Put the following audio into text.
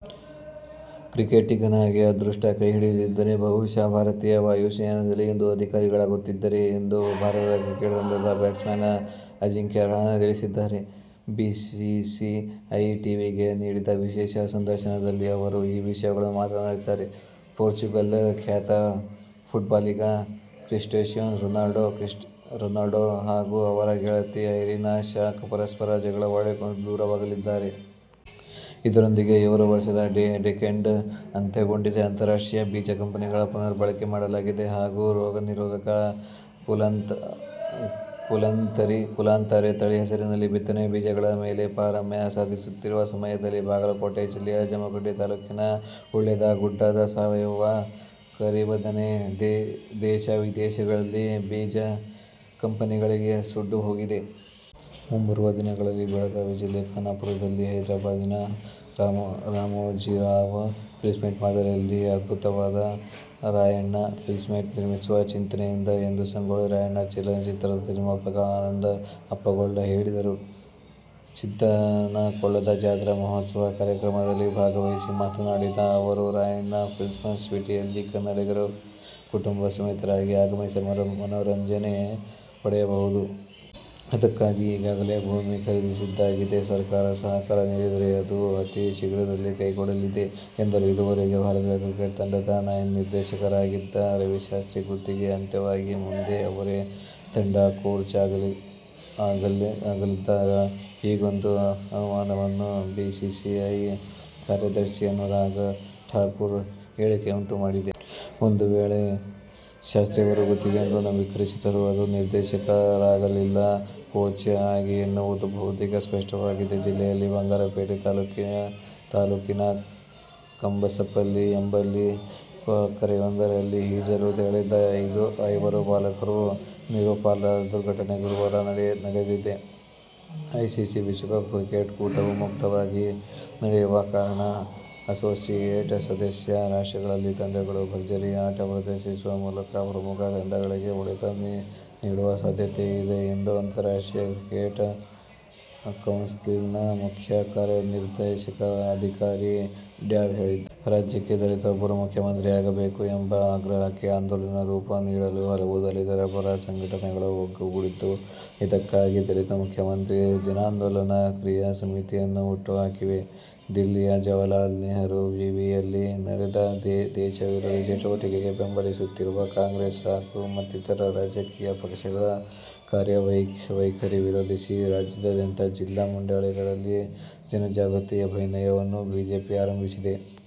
ಕ್ರಿಕೆಟಿಗನಾಗಿ ಅದೃಷ್ಟ ಕೈ ಹಿಡಿಯದಿದ್ದರೆ ಬಹುಶಃ ಭಾರತೀಯ ವಾಯು ಸೇನೆಯಲ್ಲಿ ಇಂದು ಅಧಿಕಾರಿಯಾಗಿರುತ್ತಿದ್ದೆ ಎಂದು ಭಾರತ ಕ್ರಿಕೆಟ್ ತಂಡದ ಬ್ಯಾಟ್ಸ್ಮನ್ ಅಜಿಂಕ್ಯ ರಹಾನೆ ತಿಳಿಸಿದ್ದಾರೆ. ಬಿಸಿಸಿಐ ಟೀವಿಗೆ ನೀಡಿದ ವಿಶೇಷ ಸಂದರ್ಶನದಲ್ಲಿ ಅವರು ಈ ವಿಷಯವನ್ನು ಮಾತನಾಡಿದ್ದಾರೆ. ಪೋರ್ಚುಗಲ್ನ ಖ್ಯಾತ ಫುಟ್ಬಾಲಿಗ ಕ್ರಿಸ್ಟಿಯಾನೋ ರೊನಾಲ್ಡೊ ಹಾಗೂ ಅವರ ಗೆಳತಿ ಐರಿನಾ ಶಾಕ್ ಪರಸ್ಪರ ಜಗಳವಾಡಿಕೊಂಡು ದೂರವಾಗಿದ್ದಾರೆ. ಇದರೊಂದಿಗೆ ಇವರ ವರ್ಷದ ಡೇಟಿಂಗ್ ಅಂತ್ಯಗೊಂಡಿದೆ. ಅಂತಾರಾಷ್ಟ್ರೀಯ ಬೀಜ ಕಂಪನಿಗಳು ಪುನರ್ಬಳಕೆ ಮಾಡಲಾಗದ ಹಾಗೂ ರೋಗನಿರೋಧಕ, ಕುಲಾಂತರಿ ತಳಿ ಹೆಸರಿನಲ್ಲಿ ಬಿತ್ತನೆ ಬೀಜಗಳ ಮೇಲೆ ಪಾರಮ್ಯ ಸಾಧಿಸುತ್ತಿರುವ ಸಮಯದಲ್ಲಿ ಬಾಗಲಕೋಟೆ ಜಿಲ್ಲೆ ಜಮಖಂಡಿ ತಾಲೂಕಿನ ಹುಲ್ಯಾಳದ ಗುಡ್ಡದ ಸಾವಯವ ಕರಿಬದನೆ ದೇಶ-ವಿದೇಶಗಳಲ್ಲಿ ಬೀಜ ಕಂಪನಿಗಳಿಗೆ ಸಡ್ಡು ಹೊಡೆದಿದೆ. ಮುಂಬರುವ ದಿನಗಳಲ್ಲಿ ಬೆಳಗಾವಿ ಜಿಲ್ಲೆಯ ಖಾನಾಪುರದಲ್ಲಿ ಹೈದರಾಬಾದಿನ ರಾಮೋಜಿರಾವ್ ಫಿಲ್ಮ್ಸಿಟಿ ಮಾದರಿಯಲ್ಲಿ ಅತ್ಯದ್ಭುತವಾದ "ರಾಯಣ್ಣ ಫಿಲ್ಮ್ಸಿಟಿ' ನಿರ್ಮಿಸುವ ಚಿಂತನೆಯಿದೆ ಎಂದು ಸಂಗೊಳ್ಳಿ ರಾಯಣ್ಣ ಚಲನಚಿತ್ರದ ನಿರ್ಮಾಪಕ ಆನಂದ ಅಪ್ಪಗೋಳ ಹೇಳಿದರು. ಸಿದ್ಧನಕೊಳ್ಳದ ಜಾತ್ರಾ ಮಹೋತ್ಸವ ಕಾರ್ಯಕ್ರಮದಲ್ಲಿ ಭಾಗವಹಿಸಿ ಮಾತನಾಡಿದ ಅವರು, ರಾಯಣ್ಣ ಫಿಲ್ಮ್ ಸಿಟಿಯಲ್ಲಿ ಕನ್ನಡಿಗರು ಕುಟುಂಬ ಸಮೇತರಾಗಿ ಆಗಮಿಸಿ ಮನರಂಜನೆ ಪಡೆಯಬಹುದು. ಅದಕ್ಕಾಗಿ ಈಗಾಗಲೇ ಭೂಮಿ ಖರೀದಿಸಿದ್ದಾಗಿದೆ. ಸರ್ಕಾರ ಸಹಕಾರ ನೀಡಿದರೆ ಅದು ಅತೀ ಶೀಘ್ರದಲ್ಲೇ ಕೈಗೂಡಲಿದೆ ಎಂದರು. ಇದುವರೆಗೆ ಭಾರತ ಕ್ರಿಕೆಟ್ ತಂಡದ ನಿರ್ದೇಶಕರಾಗಿದ್ದ ರವಿಶಾಸ್ತ್ರಿ ಗುತ್ತಿಗೆ ಅಂತ್ಯವಾಗಿದೆ. ಮುಂದೆ ಅವರೇ ತಂಡದ ಕೋಚ್ ಆಗಲಿದ್ದಾರಾ? ಹೀಗೊಂದು ಅನುಮಾನವನ್ನು ಬಿಸಿಸಿಐ ಕಾರ್ಯದರ್ಶಿ ಅನುರಾಗ್ ಠಾಕೂರ್ ಹೇಳಿಕೆ ಉಂಟು ಮಾಡಿದೆ. ಒಂದು ವೇಳೆ ಶಾಸ್ತ್ರಿಯವರ ಗುತ್ತಿಗೆಯನ್ನು ನವೀಕರಿಸಿದರೂ ಅದು ನಿರ್ದೇಶಕರಾಗಿಯಲ್ಲ, ಕೋಚ್ ಆಗಿ ಎನ್ನುವುದು ಬಹುತೇಕ ಸ್ಪಷ್ಟವಾಗಿದೆ. ಜಿಲ್ಲೆಯ ಬಂಗಾರಪೇಟೆ ತಾಲೂಕಿನಕಂಬಪಲ್ಲಿ ಎಂಬಲ್ಲಿ ಕೆರೆಯೊಂದರಲ್ಲಿ ಈಜಲು ತೆರಳಿದ್ದ ಐವರು ಬಾಲಕರು ನೀರು ಪಾಲಾದ ದುರ್ಘಟನೆ ಗುರುವಾರ ನಡೆದಿದೆ. ಐಸಿಸಿ ವಿಶ್ವ ಕಪ್ ಕ್ರಿಕೆಟ್ ಕೂಟವು ಮುಕ್ತವಾಗಿ ನಡೆಯುವ ಕಾರಣ ಅಸೋಸಿಯೇಟ್ ಸದಸ್ಯ ರಾಷ್ಟ್ರಗಳ ತಂಡಗಳು ಭರ್ಜರಿ ಆಟ ಪ್ರದರ್ಶಿಸುವ ಮೂಲಕ ಪ್ರಮುಖ ತಂಡಗಳಿಗೆ ಹೊಡೆತ ನೀಡುವ ಸಾಧ್ಯತೆಯಿದೆ ಎಂದು ಅಂತಾರಾಷ್ಟ್ರೀಯ ಕ್ರಿಕೆಟ್ ಕೌನ್ಸಿಲ್ ನ ಮುಖ್ಯ ಕಾರ್ಯನಿರ್ವಹಣಾಧಿಕಾರಿ ಡ್ಯಾವ್ ಹೇಳಿದ್ದಾರೆ. ರಾಜ್ಯಕ್ಕೆ ದಲಿತರೊಬ್ಬರು ಮುಖ್ಯಮಂತ್ರಿಯಾಗಬೇಕು ಎಂಬ ಆಗ್ರಹಕ್ಕೆ ಆಂದೋಲನದ ರೂಪ ನೀಡಲು ಹಲವು ದಲಿತ ಪರ ಸಂಘಟನೆಗಳು ಒಗ್ಗೂಡಿದ್ದು, ಇದಕ್ಕಾಗಿ ದಲಿತ ಮುಖ್ಯಮಂತ್ರಿ ಜನಾಂದೋಲನ ಕ್ರಿಯಾ ಸಮಿತಿಯನ್ನು ಹುಟ್ಟುಹಾಕಿವೆ. ದಿಲ್ಲಿಯ ಜವಾಹರಲಾಲ ನೆಹರು ವಿ. ವಿ. ಯಲ್ಲಿ ನಡೆದ ದೇಶವಿರೋಧಿ ಚಟುವಟಿಕೆ ಬೆಂಬಲಿಸುತ್ತಿರುವ ಕಾಂಗ್ರೆಸ್ ಹಾಗೂ ಮತ್ತಿತರ ರಾಜಕೀಯ ಪಕ್ಷಗಳ ಕಾರ್ಯವೈಖರಿ ವಿರೋಧಿಸಿ ರಾಜ್ಯಾದ್ಯಂತ ಜಿಲ್ಲಾ, ಮಂಡಲಗಳಲ್ಲಿ ಜನಜಾಗೃತಿ ಅಭಿಯಾನವನ್ನು ಬಿಜೆಪಿ ಆರಂಭಿಸಿದೆ.